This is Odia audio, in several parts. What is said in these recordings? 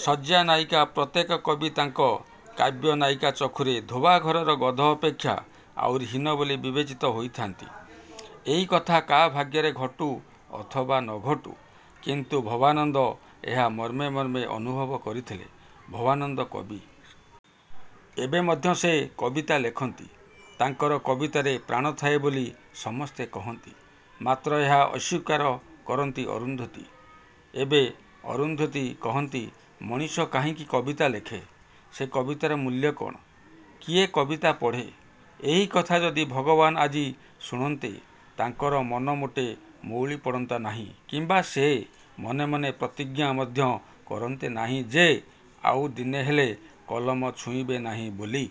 ଶଯ୍ୟା ନାୟିକା ପ୍ରତ୍ୟେକ କବି ତାଙ୍କ କାବ୍ୟନାୟିକା ଚକ୍ଷୁରେ ଧୋବା ଘରର ଗଧ ଅପେକ୍ଷା ଆହୁରି ହୀନ ବୋଲି ବିବେଚିତ ହୋଇଥାନ୍ତି। ଏହି କଥା କାହା ଭାଗ୍ୟରେ ଘଟୁ ଅଥବା ନ ଘଟୁ, କିନ୍ତୁ ଭବାନନ୍ଦ ଏହା ମର୍ମେ ମର୍ମେ ଅନୁଭବ କରିଥିଲେ। ଭବାନନ୍ଦ କବି। ଏବେ ମଧ୍ୟ ସେ କବିତା ଲେଖନ୍ତି। ତାଙ୍କର କବିତାରେ ପ୍ରାଣଥାଏ ବୋଲି ସମସ୍ତେ କହନ୍ତି, ମାତ୍ର ଏହା ଅସ୍ୱୀକାର କରନ୍ତି ଅରୁନ୍ଧୁତୀ। ଏବେ ଅରୁନ୍ଧୁତୀ କହନ୍ତି ମଣିଷ କାହିଁକି କବିତା ଲେଖେ? ସେ କବିତାର ମୂଲ୍ୟ କ'ଣ? କିଏ କବିତା ପଢ଼େ? ଏହି କଥା ଯଦି ଭଗବାନ ଆଜି ଶୁଣନ୍ତେ, ତାଙ୍କର ମନ ମୋଟେ ମଉଳି ପଡ଼ନ୍ତା ନାହିଁ କିମ୍ବା ସେ ମନେମନେ ପ୍ରତିଜ୍ଞା ମଧ୍ୟ କରନ୍ତେ ନାହିଁ ଯେ ଆଉ ଦିନେହେଲେ କଲମ ଛୁଇଁବେ ନାହିଁ ବୋଲି।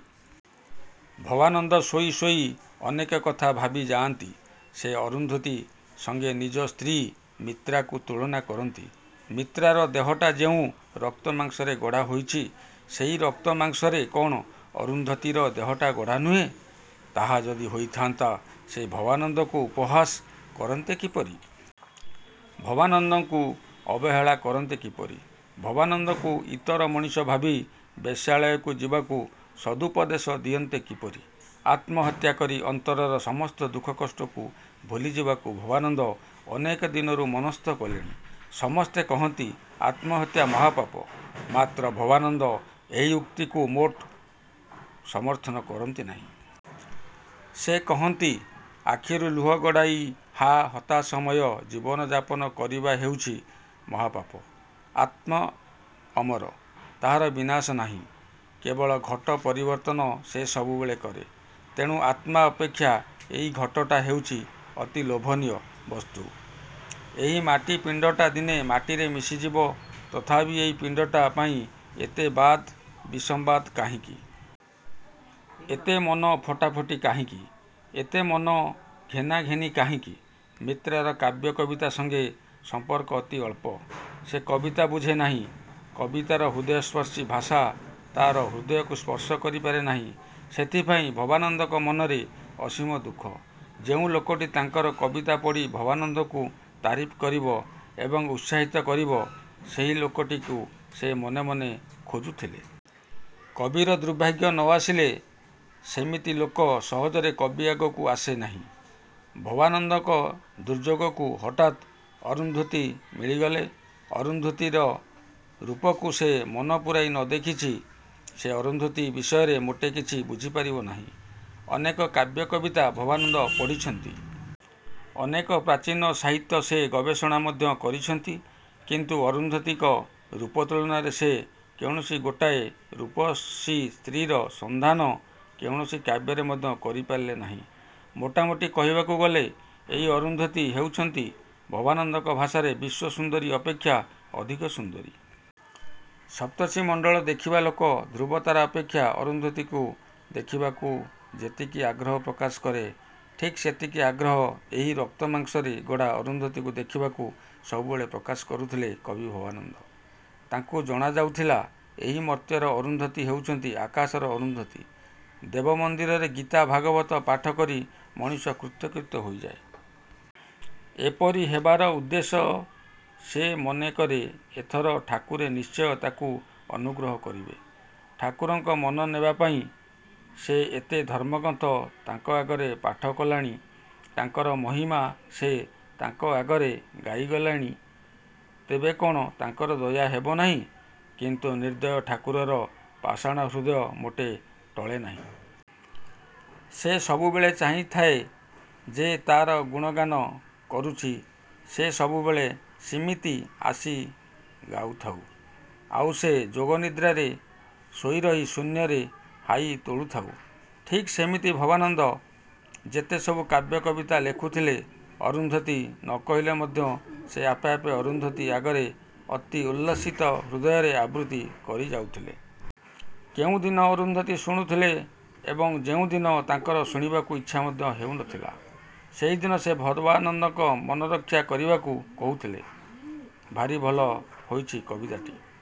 ଭବାନନ୍ଦ ଶୋଇ ଶୋଇ ଅନେକ କଥା ଭାବିଯାଆନ୍ତି। ସେ ଅରୁନ୍ଧୁତୀ ସଙ୍ଗେ ନିଜ ସ୍ତ୍ରୀ ମିତ୍ରାକୁ ତୁଳନା କରନ୍ତି। ମିତ୍ରାର ଦେହଟା ଯେଉଁ ରକ୍ତମାଂସରେ ଗଢ଼ାହୋଇଛି, ସେହି ରକ୍ତମାଂସରେ କ'ଣ ଅରୁନ୍ଧୁତୀର ଦେହଟା ଗଢ଼ା ନୁହେଁ? ତାହା ଯଦି ହୋଇଥାନ୍ତା ସେ ଭବାନନ୍ଦଙ୍କୁ ଉପହାସ କରନ୍ତେ କିପରି? ଭବାନନ୍ଦଙ୍କୁ ଅବହେଳା କରନ୍ତେ କିପରି? ଭବାନନ୍ଦଙ୍କୁ ଇତର ମଣିଷ ଭାବି ବେଶ୍ୟାଳୟକୁ ଯିବାକୁ ସଦୁପଦେଶ ଦିଅନ୍ତେ କିପରି? ଆତ୍ମହତ୍ୟା କରି ଅନ୍ତରର ସମସ୍ତ ଦୁଃଖ କଷ୍ଟ ଭୁଲିଯିବାକୁ ଭବାନନ୍ଦ ଅନେକଦିନରୁ ମନସ୍ଥ କଲେଣି। ସମସ୍ତେ କହନ୍ତି ଆତ୍ମହତ୍ୟା ମହାପାପ। ମାତ୍ର ଭବାନନ୍ଦ ଏହି ଉକ୍ତିକୁ ମୋଟେ ସମର୍ଥନ କରନ୍ତି ନାହିଁ। ସେ କହନ୍ତି, ଆଖିରୁ ଲୁହ ଗଡ଼ାଇ ହା ହତାଶମୟ ଜୀବନଯାପନ କରିବା ହେଉଛି ମହାପାପ। ଆତ୍ମା ଅମର। ତାହାର ବିନାଶ ନାହିଁ। କେବଳ ଘଟ ପରିବର୍ତ୍ତନ ସେ ସବୁବେଳେ କରେ। ତେଣୁ ଆତ୍ମା ଅପେକ୍ଷା ଏହି ଘଟଟା ହେଉଛି ଅତି ଲୋଭନୀୟ ବସ୍ତୁ। ଏହି ମାଟି ପିଣ୍ଡଟା ଦିନେ ମାଟିରେ ମିଶିଯିବ, ତଥାପି ଏହି ପିଣ୍ଡଟା ପାଇଁ ଏତେ ବାଦ ବିସମ୍ବାଦ କାହିଁକି? ଏତେ ମନ ଫଟାଫଟି କାହିଁକି? ଏତେ ମନ ଘେନାଘେନି କାହିଁକି? ମିତ୍ରାର କାବ୍ୟ କବିତା ସଙ୍ଗେ ସମ୍ପର୍କ ଅତି ଅଳ୍ପ। ସେ କବିତା ବୁଝେ ନାହିଁ। କବିତାର ହୃଦୟସ୍ପର୍ଶୀ ଭାଷା ତା'ର ହୃଦୟକୁ ସ୍ପର୍ଶ କରିପାରେ ନାହିଁ। ସେଥିପାଇଁ ଭବାନନ୍ଦଙ୍କ ମନରେ ଅସୀମ ଦୁଃଖ। ଯେଉଁ ଲୋକଟି ତାଙ୍କର କବିତା ପଢ଼ି ଭବାନନ୍ଦଙ୍କୁ ତାରିଫ୍ କରିବ ଏବଂ ଉତ୍ସାହିତ କରିବ, ସେହି ଲୋକଟିକୁ ସେ ମନେମନେ ଖୋଜୁଥିଲେ। କବିର ଦୁର୍ଭାଗ୍ୟ ନ ଆସିଲେ ସେମିତି ଲୋକ ସହଜରେ କବି ଆଗକୁ ଆସେ ନାହିଁ। ଭବାନନ୍ଦଙ୍କ ଦୁର୍ଯ୍ୟୋଗକୁ ହଠାତ୍ ଅରୁନ୍ଧୁତୀ ମିଳିଗଲେ। ଅରୁନ୍ଧୁତୀର ରୂପକୁ ଯେ ମନପୂରାଇ ନ ଦେଖିଛି ସେ ଅରୁନ୍ଧୁତୀ ବିଷୟରେ ମୋଟେ କିଛି ବୁଝିପାରିବ ନାହିଁ। ଅନେକ କାବ୍ୟ କବିତା ଭବାନନ୍ଦ ପଢ଼ିଛନ୍ତି। ଅନେକ ପ୍ରାଚୀନ ସାହିତ୍ୟ ସେ ଗବେଷଣା ମଧ୍ୟ କରିଛନ୍ତି; କିନ୍ତୁ ଅରୁନ୍ଧୁତୀଙ୍କ ରୂପ ତୁଳନାରେ ସେ କୌଣସି ଗୋଟାଏ ରୂପସୀ ସ୍ତ୍ରୀର ସନ୍ଧାନ କୌଣସି କାବ୍ୟରେ ମଧ୍ୟ କରିପାରିଲେ ନାହିଁ। ମୋଟାମୋଟି କହିବାକୁ ଗଲେ ଏହି ଅରୁନ୍ଧୁତୀ ହେଉଛନ୍ତି ଭବାନନ୍ଦଙ୍କ ଭାଷାରେ ବିଶ୍ୱସୁନ୍ଦରୀ ଅପେକ୍ଷା ଅଧିକ ସୁନ୍ଦରୀ। ସପ୍ତର୍ଷିମଣ୍ଡଳ ଦେଖିବା ଲୋକ ଧ୍ରୁବତାରା ଅପେକ୍ଷା ଅରୁନ୍ଧୁତୀକୁ ଦେଖିବାକୁ ଯେତିକି ଆଗ୍ରହ ପ୍ରକାଶ କରେ, ଠିକ୍ ସେତିକି ଆଗ୍ରହ ଏହି ରକ୍ତମାଂସରେ ଗଢ଼ା ଅରୁନ୍ଧୁତୀକୁ ଦେଖିବାକୁ ସବୁବେଳେ ପ୍ରକାଶ କରୁଥିଲେ କବି ଭବାନନ୍ଦ। ତାଙ୍କୁ ଜଣାଯାଉଥିଲା ଏହି ମର୍ତ୍ତ୍ୟର ଅରୁନ୍ଧୁତୀ ହେଉଛନ୍ତି ଆକାଶର ଅରୁନ୍ଧୁତୀ। ଦେବ ମନ୍ଦିରରେ ଗୀତା, ଭାଗବତ ପାଠକରି ମଣିଷ କୃତ୍ୟକୃତ୍ୟ ହୋଇଯାଏ। ଏପରି ହେବାର ଉଦ୍ଦେଶ୍ୟ ସେ ମନେକରେ ଏଥର ଠାକୁରେ ନିଶ୍ଚୟ ତାକୁ ଅନୁଗ୍ରହ କରିବେ। ଠାକୁରଙ୍କ ମନ ନେବାପାଇଁ ସେ ଏତେ ଧର୍ମଗ୍ରନ୍ଥ ତାଙ୍କ ଆଗରେ ପାଠକଲାଣି, ତାଙ୍କର ମହିମା ସେ ତାଙ୍କ ଆଗରେ ଗାଇଗଲାଣି, ତେବେ କ'ଣ ତାଙ୍କର ଦୟା ହେବନାହିଁ? କିନ୍ତୁ ନିର୍ଦ୍ଦୟ ଠାକୁରର ପାଷାଣ ହୃଦୟ ମୋଟେ ଟଳେ ନାହିଁ। ସେ ସବୁବେଳେ ଚାହିଁଥାଏ, ଯେ ତା'ର ଗୁଣଗାନ କରୁଛି ସେ ସବୁବେଳେ ସିମିତି ଆସି ଗାଉଥାଉ, ଆଉ ସେ ଯୋଗନିଦ୍ରାରେ ଶୋଇରହି ଶୂନ୍ୟରେ ହାଇ ତୋଳୁଥାଉ। ଠିକ୍ ସେମିତି ଭବାନନ୍ଦ ଯେତେସବୁ କାବ୍ୟ କବିତା ଲେଖୁଥିଲେ, ଅରୁନ୍ଧୁତୀ ନ କହିଲେ ମଧ୍ୟ ସେ ଆପେ ଆପେ ଅରୁନ୍ଧୁତୀ ଆଗରେ ଅତି ଉଚ୍ଛ୍ୱସିତ ହୃଦୟରେ ଆବୃତ୍ତି କରିଯାଉଥିଲେ। କେଉଁଦିନ ଅରୁନ୍ଧୁତୀ ଶୁଣୁଥିଲେ ଏବଂ ଯେଉଁଦିନ ତାଙ୍କର ଶୁଣିବାକୁ ଇଚ୍ଛା ମଧ୍ୟ ହେଉନଥିଲା ସେହିଦିନ ସେ ଭବାନନ୍ଦଙ୍କ ମନରକ୍ଷା କରିବାକୁ କହୁଥିଲେ, ''ଭାରି ଭଲ ହୋଇଛି କବିତାଟି।